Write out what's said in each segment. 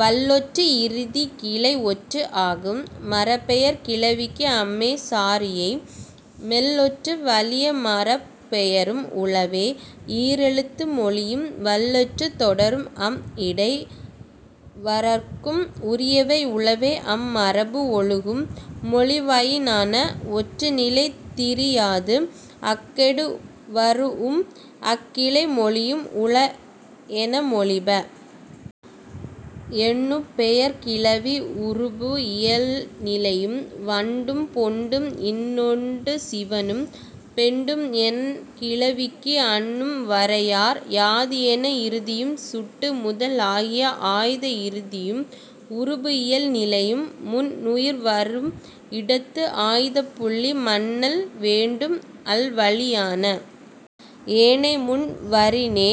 வல்லொற்று இறுதி கிளை ஒற்று ஆகும். மரப்பெயர்க் கிளவிக்கு அம்மே சாரியை. -- மெல்லொற்று வலியா மரப்பெயரும் உளவே. ஈர் எழுத்து மொழியும் வல்லொற்றுத் தொடரும் அம் இடை வரற்கும் உரியவை உளவே அம் மரபு ஒழுகும் மொழிவயினான ஒற்று நிலை திரியாது அக்கொடு வரூஉம் அக் கிளைமொழியும் உள என மொழிப. எண்ணுப்பெயர்க் கிளவி உருபு இயல் நிலையும். வண்டும் பெண்டும் இன்னொடு சிவணும். பெண்டு என் கிளவிக்கு அன்னும் வரையார். யாது என் இறுதியும் சுட்டு முதல் ஆகிய ஆய்த இறுதியும் உருபு இயல் நிலையும். முன் உயிர் வரும் இடத்து ஆய்தப் புள்ளி மன்னல் வேண்டும் அல்வழியான. ஏனை முன் வரினே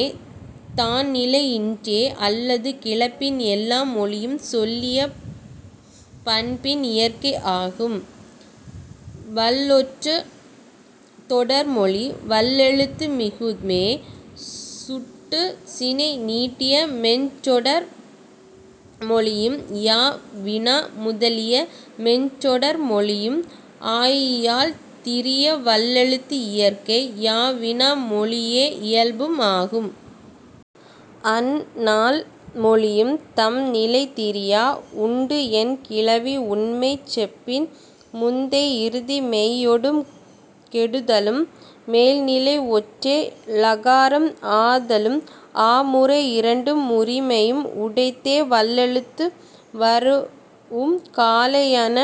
தான் நிலை இன்றே. அல்லது கிளப்பின் எல்லா மொழியும் சொல்லிய பண்பின் இயற்கை ஆகும். வல்லொற்றுத் தொடர்மொழி வல்லெழுத்து மிகுமே. சுட்டுச் சினை நீடிய மென்றொடர் மொழியும் யா வினா முதலிய மென்றொடர் மொழியும் ஆயியல் திரியா வல்லெழுத்து இயற்கை. யா வினா மொழியே இயல்பும் ஆகும். அந் நால் மொழியும் தம் நிலை திரியா. உண்டு என் கிளவி உண்மை செப்பின் முந்தை இறுதி மெய்யொடும் கெடுதலும் மேல் நிலை ஒற்றே ளகாரம் ஆதலும் ஆ முறை இரண்டும் உரிமையும் உடைத்தே வல்லெழுத்து வரூஉம் காலையான.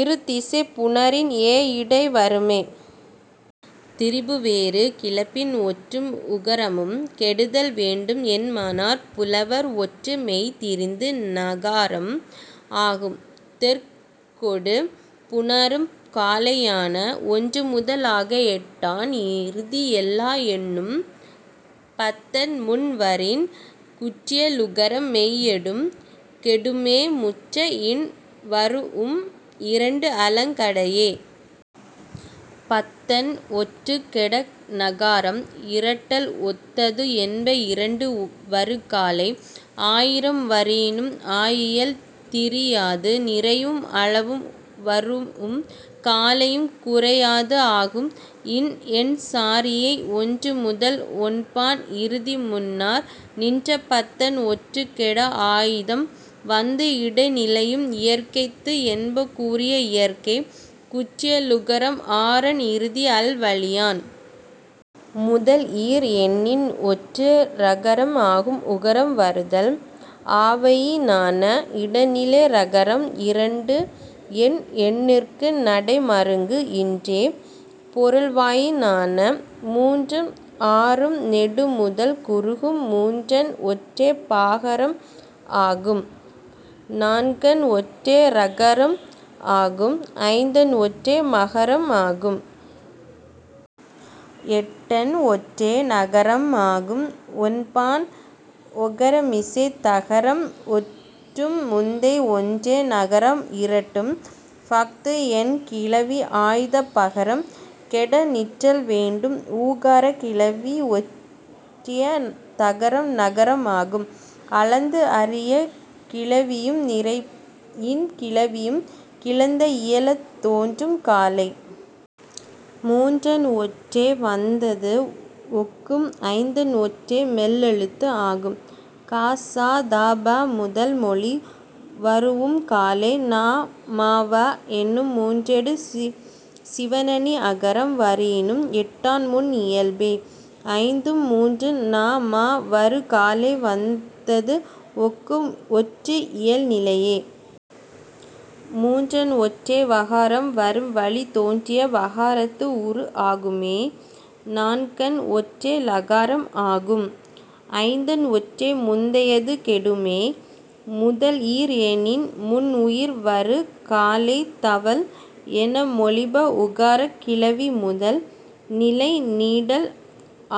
இரு திசை புணரின் ஏ இடை வருமே. திரிபு வேறு கிளப்பின் ஒற்றும் உகரமும் கெடுதல் வேண்டும் என்மனார் புலவர் ஒற்று மெய் திரிந்து னகாரம் ஆகும் தெற்கொடு புணரும் காலையான. ஒன்று முதல் ஆக எட்டன் இறுதி எல்லா எண்ணும் பத்தன் முன் வரின் குற்றியலுகரம் மெய்யொடும் கெடுமே முற்ற இன் வரூஉம் இரண்டு அலங்கடையே. பத்தன் ஒற்றுக் கெட னகாரம் இரட்டல் ஒத்தது என்ப இரண்டு வரு காலை. ஆயிரம் வரினும் ஆயியல் திரியாது. நிறையும் அளவும் வரூஉம் காலையும் குறையாது ஆகும் இன் என் சாரியை. ஒன்று முதல் ஒன்பான் இறுதி முன்னர் நின்ற பத்தன் ஒற்றுக் கெட ஆய்தம் வந்து இடை நிலையும் இயற்கைத்து என்ப கூறிய இயற்கை குற்றியலுகரம் ஆறன் இறுதி அல் வழியான. முதல் ஈர் எண்ணின் ஒற்று ரகரம் ஆகும் உகரம் வருதல் ஆவயினான. இடை நிலை ரகரம் இரண்டு என் எண்ணிற்கு நடை மருங்கு இன்றே பொருள்வயினான. மூன்றும் ஆறும் நெடு முதல் குறுகும் மூன்றன் ஒற்றே பகாரம் ஆகும். நான்கன் ஒற்றே றகாரம் ஆகும். ஐந்தன் ஒற்றே மகாரம் ஆகும். எட்டன் ஒற்றே ணகாரம் ஆகும். ஒன்பான் ஒகரமிசைத் தகரம் ஒற்றும் முந்தை ஒற்றே ணகாரம் இரட்டும் பஃது என் கிளவி ஆய்த பகரம் கெட நிற்றல் வேண்டும் ஊகாரக் கிளவி ஒற்றிய தகரம் றகரம் ஆகும். அளந்து அறி கிளவியும் நிறையின் கிளவியும் கிளந்த இயல தோன்றும் காலை. மூன்றன் ஒற்றே வந்தது ஒக்கும். ஐந்தன் ஒற்றே மெல்லெழுத்து ஆகும். க ச த ப முதல் மொழி வரூஉம் காலை. ந ம வ என்னும் மூன்றொடு சிவணி அகரம் வரினும் எட்டன் முன் இயல்பே. ஐந்தும் மூன்றும் ந ம வரு காலை வந்தது ஒக்கும் ஒற்று இயல் நிலையே. மூன்றன் ஒற்றே வகாரம் வரு வழி தோன்றிய வகாரத்து உரு ஆகும்மே. நான்கன் ஒற்றே லகாரம் ஆகும். ஐந்தன் ஒற்றே முந்தையது கெடுமே. முதல் ஈர் எண்ணின் முன் உயிர் வரு காலை தவல் என மொழிப உகரக் கிளவி முதல் நிலை நீடல்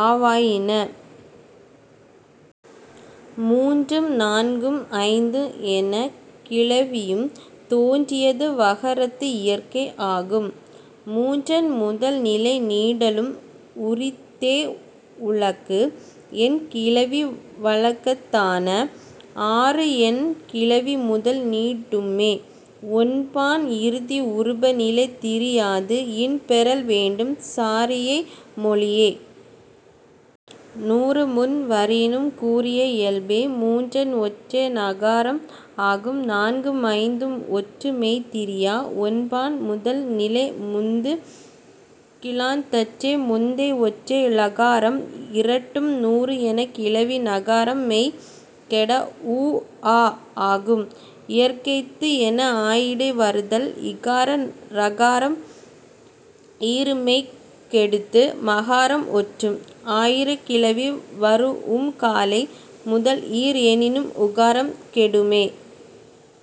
ஆவயினான. மூன்றும் நான்கும் ஐந்து என் கிளவியும் தோன்றிய வகரத்து இயற்கை ஆகும். மூன்றன் முதல் நிலை நீடலும் உரித்தே உழக்கு என் கிளவி வழக்கத்தான. ஆறு என் கிளவி முதல் நீடும்மே. ஒன்பான் இறுதி உருபு நிலை திரியாது இன் பெறல் வேண்டும் சாரியை மொழியே. நூறு முன் வரினும் கூறிய இயல்பே. மூன்றன் ஒற்றே நகாரம் ஆகும். நான்கும் ஐந்தும் ஒற்று மெய் திரியா. ஒன்பான் முதல் நிலை முந்து கிளந்தற்றே முந்தை ஒற்றே ளகாரம் இரட்டும் நூறு என் கிளவி நகாரம் மெய் கெட ஊ ஆ ஆகும் இயற்கைத்து என்ப ஆயிடை வருதல் இகார ரகாரம் ஈறு மெய் கெடுத்து மகாரம் ஒற்றும். ஆயிரக் கிளவி வரூஉம் காலை முதல் ஈர் எண்ணின் உகரம் கெடுமே.